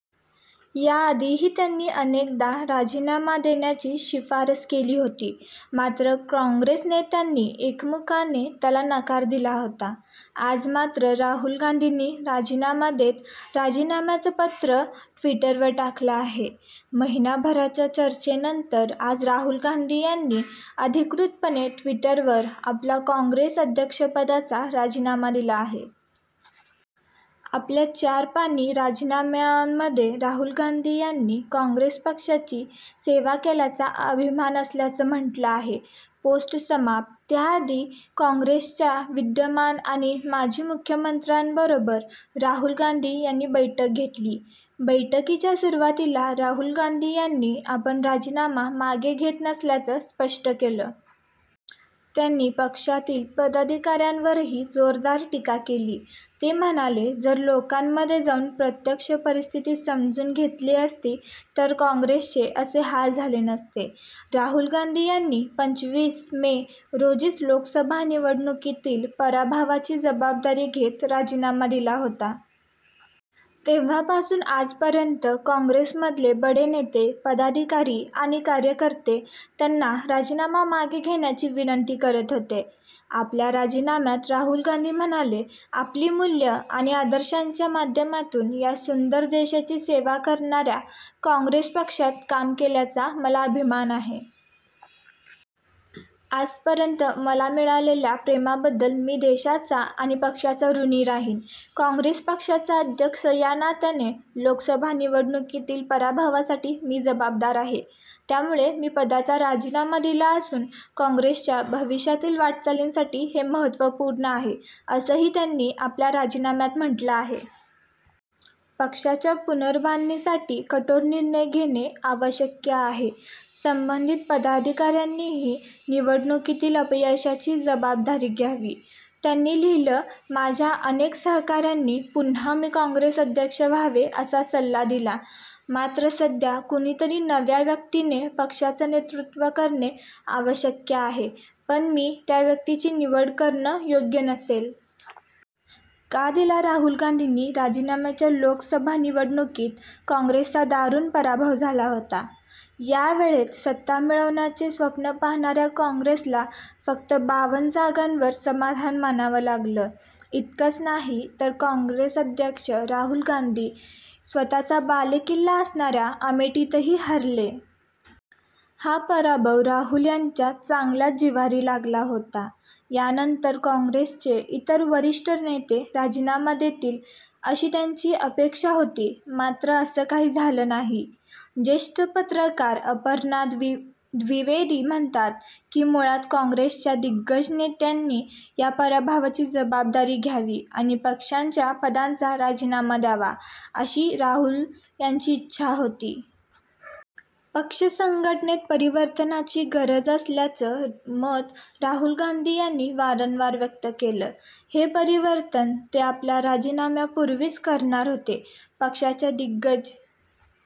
या आधीही त्यांनी अनेकदा राजीनामा देण्याची शिफारस केली होती. मात्र काँग्रेस नेत्यांनी एकमुखाने त्याला नकार दिला होता. आज मात्र राहुल गांधीनी राजीनामा देत राजीनाम्याचं पत्र ट्विटरवर टाकलं आहे. महिनाभराच्या चर्चेनंतर आज राहुल गांधी यांनी अधिकृतपणे ट्विटरवर आपला काँग्रेस अध्यक्षपदाचा राजीनामा दिला आहे. आपल्या चार पानी राजीनाम्यामध्ये राहुल गांधी यांनी काँग्रेस पक्षाची सेवा केल्याचा अभिमान असल्याचं म्हटलं आहे. पोस्ट समाप्त, त्याआधी, काँग्रेसच्या विद्यमान आणि माजी मुख्यमंत्र्यांबरोबर राहुल गांधी यांनी बैठक घेतली. बैठकीच्या सुरूवातीला राहुल गांधी यांनी आपण राजीनामा मागे घेत नसल्याचं स्पष्ट केलं. त्यांनी पक्षातील पदाधिकाऱ्यांवरही जोरदार टीका केली. ते म्हणाले जर लोकांमध्ये जाऊन प्रत्यक्ष परिस्थिती समजून घेतली असती तर काँग्रेसचे असे हाल झाले नसते. राहुल गांधी यांनी पंचवीस मे रोजीच लोकसभा निवडणुकीतील पराभवाची जबाबदारी घेत राजीनामा दिला होता. तेव्हापासून आजपर्यंत काँग्रेसमधले बडे नेते, पदाधिकारी आणि कार्यकर्ते त्यांना राजीनामा मागे घेण्याची विनंती करत होते. आपल्या राजीनाम्यात राहुल गांधी म्हणाले आपली मूल्यं आणि आदर्शांच्या माध्यमातून या सुंदर देशाची सेवा करणाऱ्या काँग्रेस पक्षात काम केल्याचा मला अभिमान आहे. आजपर्यंत मला मिळालेल्या प्रेमाबद्दल मी देशाचा आणि पक्षाचा ऋणी राहीन. काँग्रेस पक्षाचा अध्यक्ष या नात्याने लोकसभा निवडणुकीतल्या पराभवासाठी मी जबाबदार आहे. त्यामुळे मी पदाचा राजीनामा दिला असून काँग्रेसच्या भविष्यातील वाटचालीसाठी हे महत्त्वपूर्ण आहे, असंही त्यांनी आपल्या राजीनाम्यात म्हटलं आहे. पक्षाच्या पुनर्बांधणीसाठी कठोर निर्णय घेणे आवश्यक आहे. संबंधित पदाधिकाऱ्यांनीही च्या निवडणुकीतील अपयशाची जबाबदारी घ्यावी. त्यांनी लिहिलं माझ्या अनेक सहकाऱ्यांनी पुन्हा मी काँग्रेस अध्यक्ष व्हावे असा सल्ला दिला. मात्र सध्या कुणीतरी नव्या व्यक्तीने पक्षाचं नेतृत्व करणं आवश्यक आहे, पण मी त्या व्यक्तीची निवड करणं योग्य नसेल. का दिला राहुल गांधींनी राजीनामा च्या लोकसभा निवडणुकीत काँग्रेसचा दारूण पराभव झाला होता. यावेळी सत्ता मिळवण्याचे स्वप्न पाहणाऱ्या काँग्रेसला फक्त बावन जागांवर समाधान मानावं लागलं. इतकंच नाही तर काँग्रेस अध्यक्ष राहुल गांधी स्वतःचा बालेकिल्ला असणाऱ्या अमेठीतही हरले. हा पराभव राहुल यांच्या चांगलाच जिव्हारी लागला होता. यानंतर काँग्रेसचे इतर वरिष्ठ नेते राजीनामा देतील अशी त्यांची अपेक्षा होती मात्र असं काही झालं नाही. जेष्ठ पत्रकार अपर्णा द्विवेदी म्हणतात की, मुळात काँग्रेसच्या दिग्गज नेत्यांनी या पराभवाची जबाबदारी घ्यावी आणि पक्षाच्या पदांचा राजीनामा द्यावा, अशी राहुल यांची इच्छा होती. पक्ष संघटनेत परिवर्तनाची गरज असल्याचं मत राहूल गांधी यांनी वारंवार व्यक्त केलं. हे परिवर्तन ते आपल्या राजीनाम्यापूर्वीच करणार होते. पक्षाच्या दिग्गज